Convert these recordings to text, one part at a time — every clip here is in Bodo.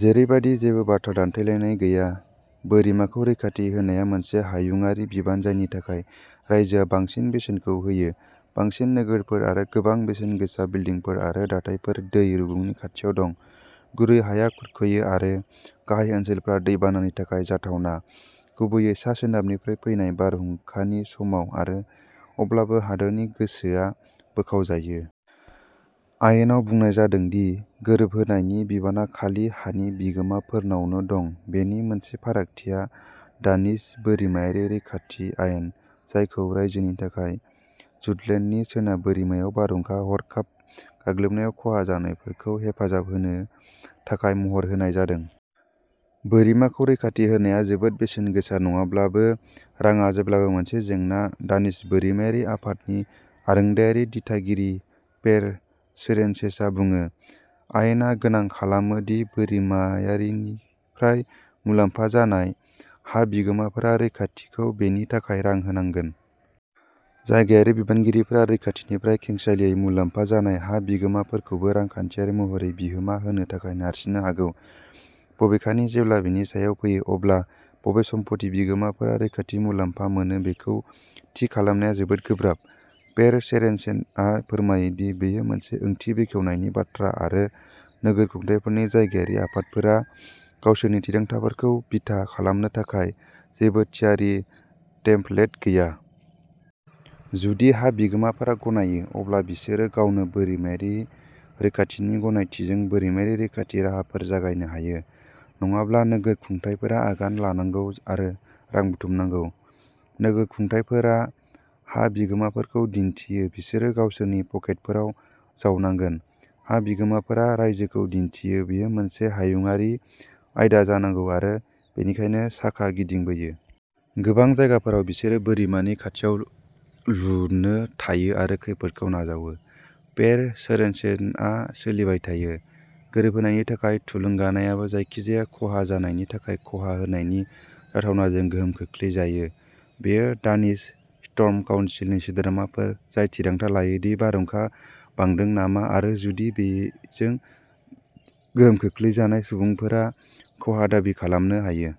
जेरैबादि जेबो बाथ्रा दानथेलायनाय गैया बोरिमाखौ रैखाथि होनाया मोनसे हायुंआरि बिबान जायनि थाखाय रायजोआ बांसिन बेसेनखौ होयो। बांसिन नोगोरफोर आरो गोबां बेसेनगोसा बिल्डिंफोर आरो दाथायफोरा दै रुगुंनि खाथियाव दं। गुरै हाया खुरख'यो आरो गाहाय ओनसोलफोरा दै बानानि थाखाय जाथावना, गुबैयै सा-सोनाबनिफ्राय फैनाय बारहुंखानि समाव आरो अब्लाबो, हादोरनि गोसोआ बोखावजायो। आयेनाव बुंनाय जादों दि गोरोबहोनायनि बिबाना खालि हानि बिगोमाफोरनावनो दं। बेनि मोनसे फारागथिया दानिश बोरिमायारि रैखाथि आयेन, जायखौ रायजोनि थाखाय जुटलेन्डनि सोनाब बोरिमायाव बारहुंखा हरखाब गाग्लोबनायाव खहा जानायफोरखौ हेफाजाब होनो थाखाय महर होनाय जादों। बोरिमाखौ रैखाथि होनाया जोबोद बेसेन गोसा नङाब्लाबो, रांआ जेब्लाबो मोनसे जेंना दानिश बोरिमायारि आफादनि आरोंदायारि दिथागिरि पेर सोरेनसेनआ बुङो। आयेना गोनां खालामो दि बोरिमायारिनिफ्राय मुलाम्फा जानाय हा बिगोमाफोरा। रैखाथिखौ बेनि थाखाय रां होनांगोन। जायगायारि बिबानगिरिफोरा रैखाथिनिफ्राय खेंसालियायै मुलाम्फा जानाय हा बिगोमाफोरखौबो रांखान्थियारि महरै बिहोमा होनो थाखाय नारसिननो हागौ। बबेखानि, जेब्ला बेनि सायाव फैयो, अब्ला बबे सम्पथि बिगोमाफोरा रैखाथि मुलाम्फा मोनो बेखौ थि खालामनाया जोबोद गोब्राब। पेर सोरेनसेनआ फोरमायो दि बेयो मोनसे ओंथि बेखेवनायनि बाथ्रा आरो नोगोर खुंथायफोरनि जायगायारि आफादफोरा गावसोरनि थिरांथाफोरखौ बिथा खालामनो थाखाय जेबो थियारि टेम्पलेट गैया। जुदि हा बिगोमाफोरा गनायो, अब्ला बिसोरो गावनो बोरिमायारि रैखाथिनि गनायथिजों बोरिमायारि रैखाथि राहाफोर जागायनो हायो। नङाब्ला, नोगोर खुंथायफोरा आगान लानांगौ आरो रां बुथुमनांगौ। नोगोर खुंथायफोरा हा बिगोमाफोरखौ दिन्थियो बिसोरो गावसोरनि पकेटफोराव जावनांगोन। हा बिगोमाफोरा रायजोखौ दिन्थियो बेयो मोनसे हायुंआरि आयदा जानांगौ आरो बेनिखायनो साखा गिदिंबोयो। गोबां जायगाफोराव बिसोरो बोरिमानि खाथियाव लुनो थायो आरो खैफोदखौ नाजावो पेर सोरेनसेनआ सोलिबाय थायो। गोरोबहोनायनि थाखाय थुलुंगानायाबो जायखिजाया खहा जानायनि थाखाय खहा होनायनि जाथावनाजों गोहोम खोख्लैजायो। बेयो दानिश स्टर्म काउनसिलनि सोद्रोमाफोर जाय थिरांथा लायो दि बारहुंखा बांदों नामा आरो जुदि बेजों गोहोम खोख्लैजानाय सुबुंफोरा खहा दाबि खालामनो हायो।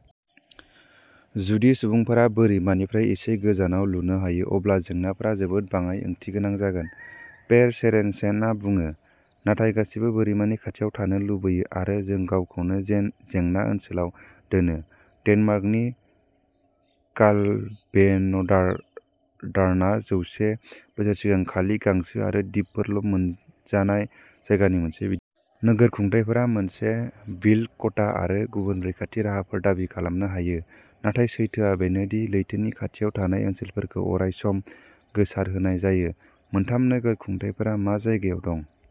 जुदि सुबुंफोरा बोरिमानिफ्राय एसे गोजानाव लुनो हायो, अब्ला जेंनाफोरा जोबोद बाङाइ ओंथिगोनां जागोन, पेर सोरेनसेनआ बुङो। नाथाय गासैबो बोरिमानि खाथियाव थानो लुबैयो आरो जों गावखौनो जेंना ओनसोलाव दोनो। डेनमार्कनि कालभेनडा'डार्नआ जौसे बोसोर सिगां खालि गांसो आरो दिपफोरल' मोनजानाय जायगानि मोनसे बिदिन्थि। नोगोर खुंथायफोरा मोनसे बिल्ड क'टा आरो गुबुन रैखाथि राहाफोर दाबि खालामनो हायो, नाथाय सैथोआ बेनो दि लैथोनि खाथियाव थानाय ओनसोलफोरखौ अराय सम गोसारहोनाय जायो। मोनथाम नोगोर खुंथायफोरा मा जायगायाव दं।